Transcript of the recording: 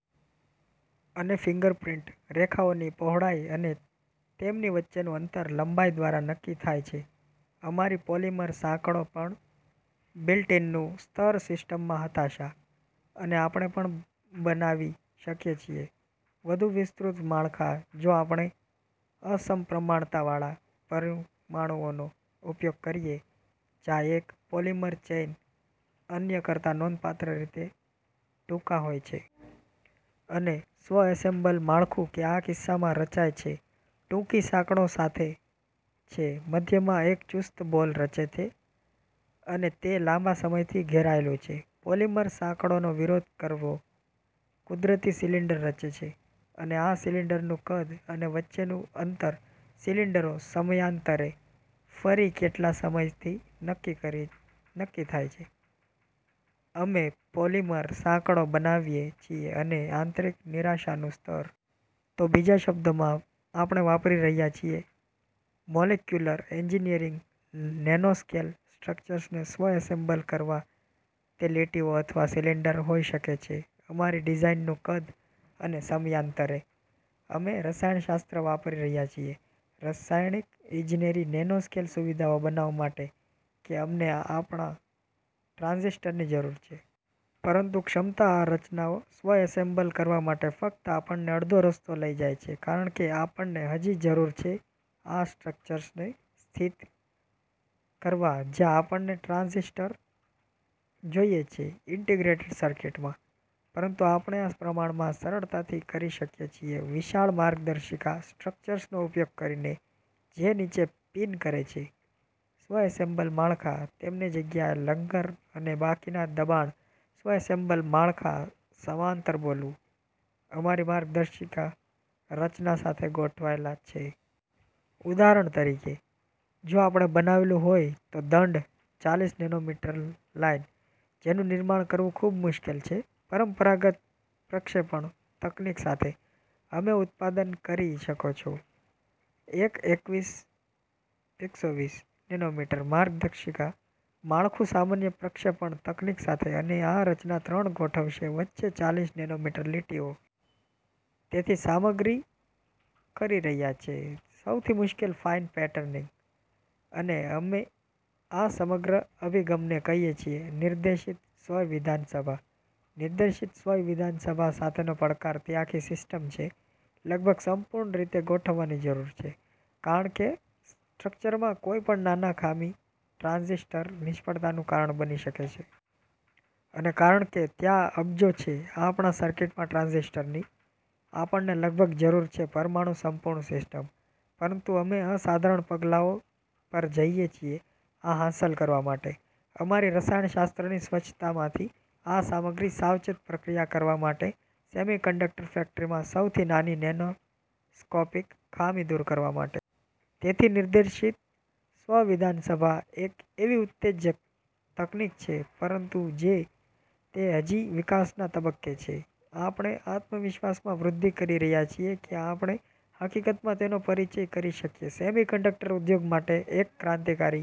અને ફિંગરપ્રિન્ટ રેખાઓની પહોળાઈ અને તેમની વચ્ચેનું અંતર લંબાઈ દ્વારા નક્કી થાય છે અમારી પોલિમર સાંકળો પણ બિલ્ટ-ઇનનું સ્તર સિસ્ટમમાં હતાશા. અને આપણે પણ બનાવી શકીએ છીએ વધુ વિસ્તૃત માળખાં જો આપણે અસમપ્રમાણતાવાળા પરમાણુઓનો ઉપયોગ કરીએ, જ્યાં એક પોલિમર ચેઇન અન્ય કરતા નોંધપાત્ર રીતે ટૂંકા હોય છે. અને સ્વ-એસેમ્બલ માળખું કે આ કિસ્સામાં રચાય છે ટૂંકી સાંકળો સાથે છે મધ્યમાં એક ચુસ્ત બોલ રચે છે, અને તે લાંબા સમયથી ઘેરાયેલું છે, પોલિમર સાંકળોનો વિરોધ કરવો, કુદરતી સિલિન્ડર રચે છે. અને આ સિલિન્ડરનું કદ અને વચ્ચેનું અંતર સિલિન્ડરો, સમયાંતરે, ફરી કેટલા સમયથી નક્કી થાય છે અમે પોલિમર સાંકળો બનાવીએ છીએ અને આંતરિક નિરાશાનું સ્તર. તો બીજા શબ્દોમાં, આપણે વાપરી રહ્યા છીએ મોલેક્યુલર એન્જિનિયરિંગ નેનોસ્કેલ સ્ટ્રક્ચર્સને સ્વ-એસેમ્બલ કરવા તે લીટીઓ અથવા સિલિન્ડર હોઈ શકે છે અમારી ડિઝાઇનનું કદ અને સમયાંતરે. અમે રસાયણશાસ્ત્ર વાપરી રહ્યા છીએ, રાસાયણિક ઇજનેરી, નેનોસ્કેલ સુવિધાઓ બનાવવા માટે કે અમને આપણા ટ્રાંઝિસ્ટરની જરૂર છે. પરંતુ ક્ષમતા આ રચનાઓ સ્વ-એસેમ્બલ કરવા માટે ફક્ત આપણને અડધો રસ્તો લઈ જાય છે, કારણ કે આપણને હજી જરૂર છે આ સ્ટ્રક્ચર્સને સ્થિત કરવા જ્યાં આપણને ટ્રાંઝિસ્ટર જોઈએ છે ઇન્ટિગ્રેટેડ સર્કિટમાં. પરંતુ આપણે આ પ્રમાણમાં સરળતાથી કરી શકીએ છીએ વિશાળ માર્ગદર્શિકા સ્ટ્રક્ચર્સનો ઉપયોગ કરીને જે નીચે પિન કરે છે સ્વ-એસેમ્બલ માળખાં, તેમને જગ્યાએ લંગર અને બાકીના દબાણ સ્વ-એસેમ્બલ માળખાં સમાંતર બોલવું, અમારી માર્ગદર્શિકા રચના સાથે ગોઠવાયેલ છે. ઉદાહરણ તરીકે, જો આપણે બનાવવું હોય તો દંડ, ચાલીસ નેનોમીટર લાઇન, જેનું નિર્માણ કરવું ખૂબ મુશ્કેલ છે પરંપરાગત પ્રક્ષેપણ તકનીક સાથે, અમે ઉત્પાદન કરી શકો છો એક એકસોવીસ નેનોમીટર માર્ગદર્શિકા માળખું સામાન્ય પ્રક્ષેપણ તકનીક સાથે, અને આ રચના ત્રણ ગોઠવશે વચ્ચે ચાલીસ નેનોમીટર લીટીઓ. તેથી સામગ્રી કરી રહ્યા છે સૌથી મુશ્કેલ ફાઇન પેટર્નિંગ. અને અમે આ સમગ્ર અભિગમને કહીએ છીએ "નિર્દેશિત સ્વ-વિધાનસભા. " નિર્દેશિત સ્વ-વિધાનસભા સાથેનો પડકાર તે આખી સિસ્ટમ છે લગભગ સંપૂર્ણ રીતે ગોઠવવાની જરૂર છે, કારણ કે સ્ટ્રક્ચરમાં કોઈપણ નાના ખામી ટ્રાંઝિસ્ટર નિષ્ફળતાનું કારણ બની શકે છે. અને કારણ કે ત્યાં અબજો છે આપણા સર્કિટમાં ટ્રાંઝિસ્ટરની, આપણને લગભગ જરૂર છે પરમાણુ સંપૂર્ણ સિસ્ટમ. પરંતુ અમે અસાધારણ પગલાઓ પર જઈએ છીએ આ હાંસલ કરવા માટે, અમારી રસાયણશાસ્ત્રની સ્વચ્છતામાંથી આ સામગ્રી સાવચેત પ્રક્રિયા કરવા માટે સેમિકન્ડક્ટર ફેક્ટરીમાં સૌથી નાની નેનોસ્કોપિક ખામી દૂર કરવા માટે. તેથી નિર્દેશિત સ્વ-વિધાનસભા એક નવી ઉત્તેજક તકનીક છે, પરંતુ તે હજી વિકાસના તબક્કે છે. આપણે આત્મવિશ્વાસમાં વૃદ્ધિ કરી રહ્યા છીએ કે આપણે, હકીકતમાં, તેનો પરિચય કરી શકીએ સેમિકન્ડક્ટર ઉદ્યોગ માટે એક ક્રાંતિકારી